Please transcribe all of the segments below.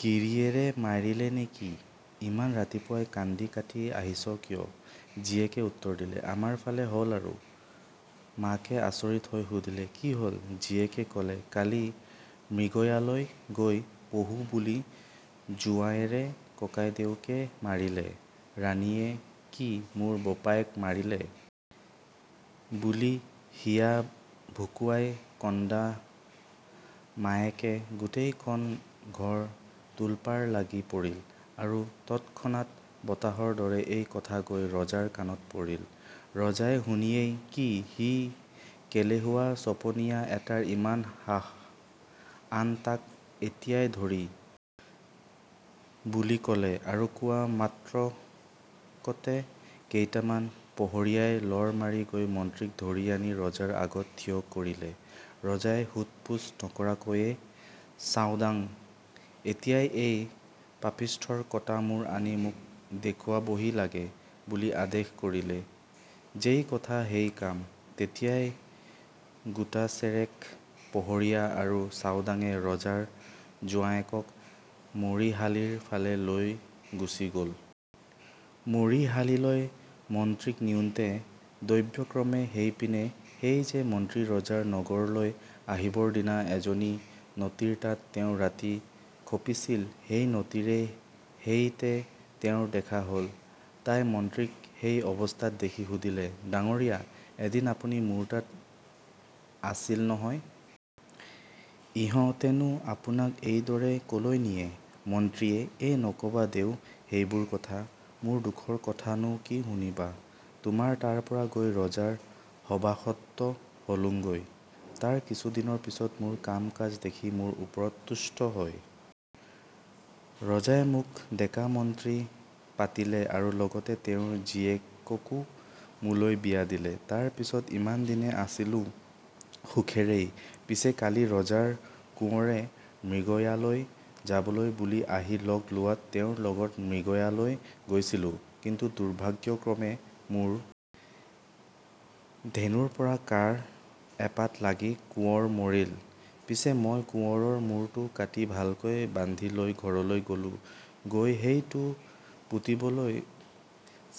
গিৰিয়েৰে মাৰিলে নে কি? ইমান ৰাতিপুৱাই কান্দি-কাটি আহিছ কিয়? " জীয়েকে উত্তৰ দিলে, "আমাৰ ফালে হ'ল আৰু৷"মাকে আচৰিত হৈ সুধিলে, "কি হ'ল? " জীয়েকে ক'লে, "কালি মৃগয়ালৈ গৈ পহু বুলি জোঁৱায়েৰে ককাইদেউকে মাৰিলে৷" ৰাণীয়ে "কি মোৰ বোপাইক মাৰিলে? " বুলি হিয়া ভুকুৱাই কন্দা মাত্ৰকে গোটেইখন ঘৰ তোলপাৰ লাগি পৰিল, আৰু তৎক্ষণাৎ বতাহৰ দৰে এই কথা গৈ ৰজাৰ কাণত পৰিল৷ ৰজাই শুনিয়েই-"কি সি কেলেহুৱা চপনীয়া এটাৰ ইমান সাহ? আন তাক এতিয়াই ধৰি৷" বুলি ক'লে আৰু কোৱা মাত্ৰকতে কেইটামান পহৰীয়াই লৰ মাৰি গৈ মন্ত্ৰীক ধৰি আনি ৰজাৰ আগত থিয় কৰিলে৷ ৰজাই সোধ-পোছ নকৰাকৈয়ে- "চাওদাং, এতিয়াই এই পাপিষ্ঠৰ কটা মূৰ আনি মোক দেখুৱাবহি লাগে" বুলি আদেশ কৰিলে৷ যেই কথা সেই কাম৷ তেতিয়াই গোটাচেৰেক পহৰীয়া আৰু চাওদাঙে ৰজাৰ জোঁৱায়েকক মৰিশালিৰ ফালে লৈ গুচি গ'ল৷। মৰিশালিলৈ মন্ত্ৰীক নিওঁতে দৈবক্ৰমে সেইপিনে, সেই যে মন্ত্ৰী ৰজাৰ নগৰলৈ আহিবৰ দিনা এজনী নটীৰ তাত তেওঁ ৰাতি খপিছিল, সেই নটীৰে সৈতে তেওঁৰ দেখা হ'ল৷ তাই মন্ত্ৰীক সেই অৱস্থাত দেখি সুধিলে, "ডাঙৰীয়া! এদিন আপুনি মোৰ তাত আছিল নহয়? ইহঁতেনো আপোনাক এইদৰে ক'লৈ নিয়ে? " মন্ত্ৰীয়ে "এ নক'বা দেও সেইবোৰ কথা৷ মোৰ দুখৰ কথানো কি শুনিবা? তোমাৰ তাৰপৰা গৈ ৰজাৰ সভাসদ হলোঁগৈ৷ তাৰ কিছুদিনৰ পিচত মোৰ কাম-কাজ দেখি মোৰ ওপৰত তুষ্ট হৈ ৰজাই মোক ডেকা-মন্ত্ৰী পাতিলে আৰু লগতে তেওঁৰ জীয়েককো মোলৈ বিয়া দিলে৷ তাৰ পিছত ইমানদিনে আছিলোঁ সুখেৰেই; পিছে কালি ৰজাৰ কোঁৱৰে মৃগয়ালৈ যাবলৈ বুলি আহি লগ লোৱাত তেওঁৰ লগত মৃগয়ালৈ গৈছিলোঁ; কিন্তু দুৰ্ভাগ্যক্ৰমে মোৰ ধেনুৰপৰা কাঁড় এপাট লাগি কোঁৱৰ মৰিল৷ পিছে মই কোঁৱৰৰ মুৰটো কাটি ভালকৈ বান্ধি লৈ ঘৰলৈ গলোঁ, গৈ সেইটো পুতিবলৈ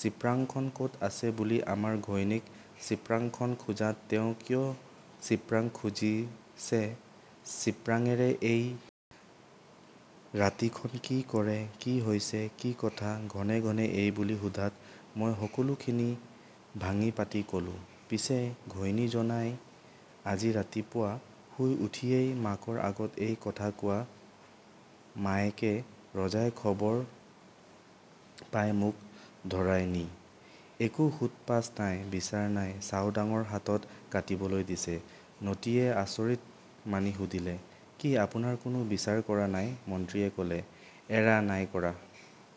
চিপৰাংখন ক'ত আছে বুলি আমাৰ ঘৈণীক চিপৰাংখন খোজাত তেওঁ কিয় চিপৰাং খুজিছে, চিপৰাঙেৰে এই ৰাতিখন কি কৰে, কি হৈছে, কি কথা, ঘনে ঘনে এই বুলি সোধাত, মই সকলোখিনি ভাঙি পাতি ক'লোঁ৷ পিছে ঘৈণীজনাই আজি ৰাতিপুৱা শুই উঠিয়েই মাকৰ আগত এই কথা কোৱা মাত্ৰকে ৰজাই খবৰ পাই মোক ধৰাই নি, একো সোধ-পোছ নাই, বিচাৰ নাই, চাওদাঙৰ হাতত কাটিবলৈ দিছে৷" নটীয়ে আচৰিত মানি সুধিলে, "কি আপোনাৰ কোনো বিচাৰ কৰা নাই? " মন্ত্ৰীয়ে ক'লে, "এৰা নাই কৰা৷"